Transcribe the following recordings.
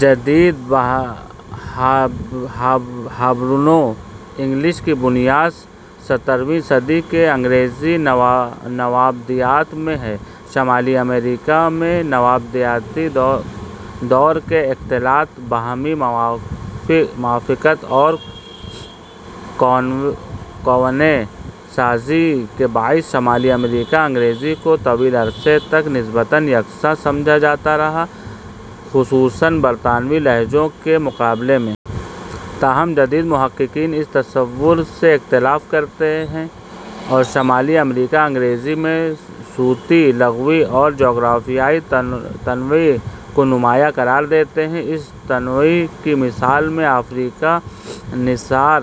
جدید ہایبرنو-انگلش کی بنیاد سترھویں صدی کی انگریزی نوآبادیات میں ہے۔ شمالی امریکا میں نوآبادیاتی دور کے اختلاط، باہمی موافقت اور کوئنے سازی کے باعث شمالی امریکی انگریزی کو طویل عرصے تک نسبتاً یکساں سمجھا جاتا رہا، خصوصاً برطانوی لہجوں کے مقابلے میں۔ تاہم جدید محققین اس تصور سے اختلاف کرتے ہیں اور شمالی امریکی انگریزی میں صوتی، لغوی اور جغرافیائی تنوع کو نمایاں قرار دیتے ہیں۔ اس تنوع کی مثالوں میں افریقی نژاد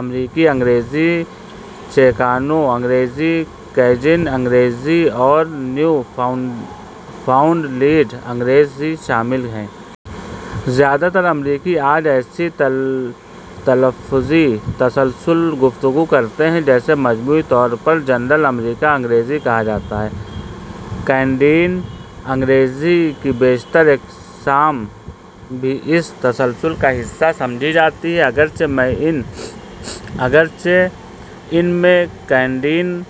امریکی انگریزی ، چیکانو انگریزی ، کیجن انگریزی اور نیو فاؤنڈ لینڈ انگریزی شامل ہیں۔ زیادہ تر امریکی آج ایسے تلفظی تسلسل میں گفتگو کرتے ہیں جسے مجموعی طور پر جنرل امریکن انگریزی کہا جاتا ہے۔ کینیڈین انگریزی کی بیشتر اقسام بھی اسی تسلسل کا حصہ سمجھی جاتی ہیں، اگرچہ ان میں کینیڈین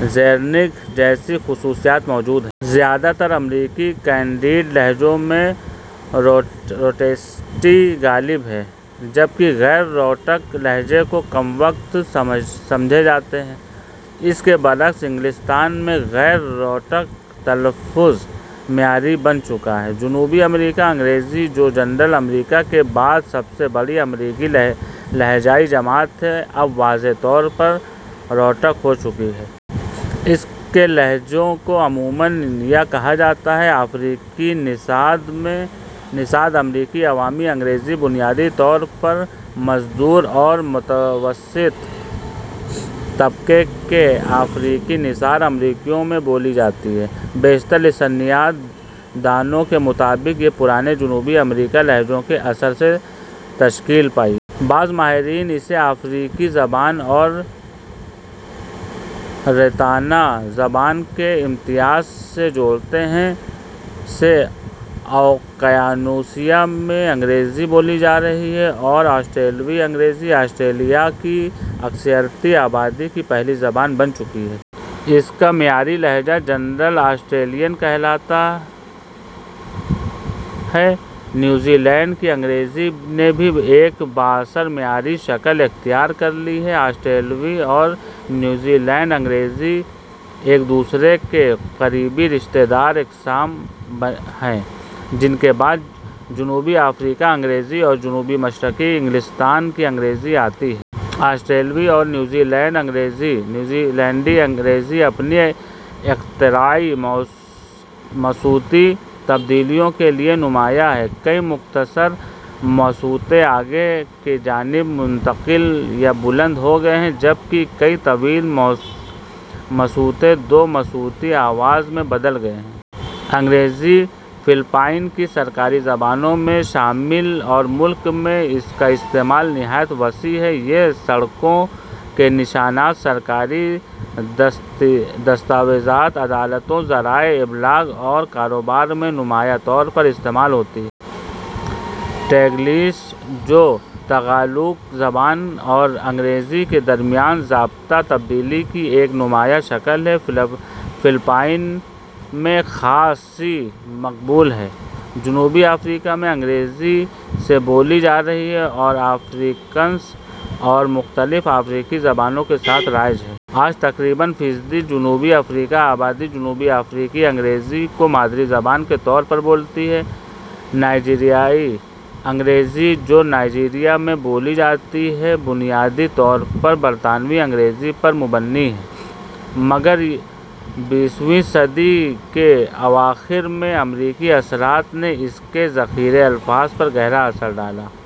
ریزنگ جیسی خصوصیات موجود ہیں۔ زیادہ تر امریکی اور کینیڈین لہجوں میں روٹیسٹی غالب ہے، جبکہ غیر روٹک لہجے کم وقعت سمجھے جاتے ہیں۔ اس کے برعکس انگلستان میں غیر روٹک تلفظ معیاری بن چکا ہے۔ جنوبی امریکی انگریزی ، جو جنرل امریکن کے بعد سب سے بڑی امریکی لہجائی جماعت ہے، اب واضح طور پر روٹک ہو چکی ہے۔ اس کے لہجوں کو عموماً یا کہا جاتا ہے۔ افریقی نژاد امریکی عوامی انگریزی بنیادی طور پر مزدور اور متوسط طبقے کے افریقی نژاد امریکیوں میں بولی جاتی ہے۔ بیشتر لسانیات دانوں کے مطابق یہ پرانے جنوبی امریکی لہجوں کے اثر سے تشکیل پائی۔ بعض ماہرین اسے افریقی زبانوں اور رطانہ زبانیں کے امتزاج سے جوڑتے ہیں۔ ء سے اوقیانوسیہ میں انگریزی بولی جا رہی ہے اور آسٹریلوی انگریزی آسٹریلیا کی اکثریتی آبادی کی پہلی زبان بن چکی ہے۔ اس کا معیاری لہجہ جنرل آسٹریلین کہلاتا ہے۔ نیوزی لینڈ کی انگریزی نے بھی ایک بااثر معیاری شکل اختیار کر لی ہے۔ آسٹریلوی اور نیوزی لینڈی انگریزی ایک دوسرے کی قریبی رشتہ دار اقسام ہیں، جن کے بعد جنوبی افریقی انگریزی اور جنوب مشرقی انگلستان کی انگریزی آتی ہیں۔ آسٹریلوی اور نیوزی لینڈی انگریزی اپنی اختراعی مصوتی تبدیلیوں کے لیے نمایاں ہیں۔ کئی مختصر مصوتے آگے کی جانب منتقل یا بلند ہو گئے ہیں، جبکہ کئی طویل مصوتے دو مصوتی آوازوں میں بدل گئے ہیں۔ انگریزی فلپائن کی سرکاری زبانوں میں شامل ہے اور ملک میں اس کا استعمال نہایت وسیع ہے۔ یہ سڑکوں کے نشانات، سرکاری دستاویزات، عدالتوں، ذرائع ابلاغ اور کاروبار میں نمایاں طور پر استعمال ہوتی ہے۔ ٹیگلیش ، جو تگالوگ زبان اور انگریزی کے درمیان ضابطہ تبدیلی کی ایک نمایاں شکل ہے، فلپائن میں خاصی مقبول ہے۔ جنوبی افریقا میں انگریزی ء سے بولی جا رہی ہے اور افریکانس اور مختلف افریقی زبانوں کے ساتھ رائج ہے۔ آج تقریباً فیصد جنوبی افریقی آبادی جنوبی افریقی انگریزی کو مادری زبان کے طور پر بولتی ہے۔ ۔ نائجیریائی انگریزی ، جو نائجیریا میں بولی جاتی ہے، بنیادی طور پر برطانوی انگریزی پر مبنی ہے، مگر بیسویں صدی کے اواخر میں امریکی اثرات نے اس کے ذخیرہ الفاظ پر گہرا اثر ڈالا۔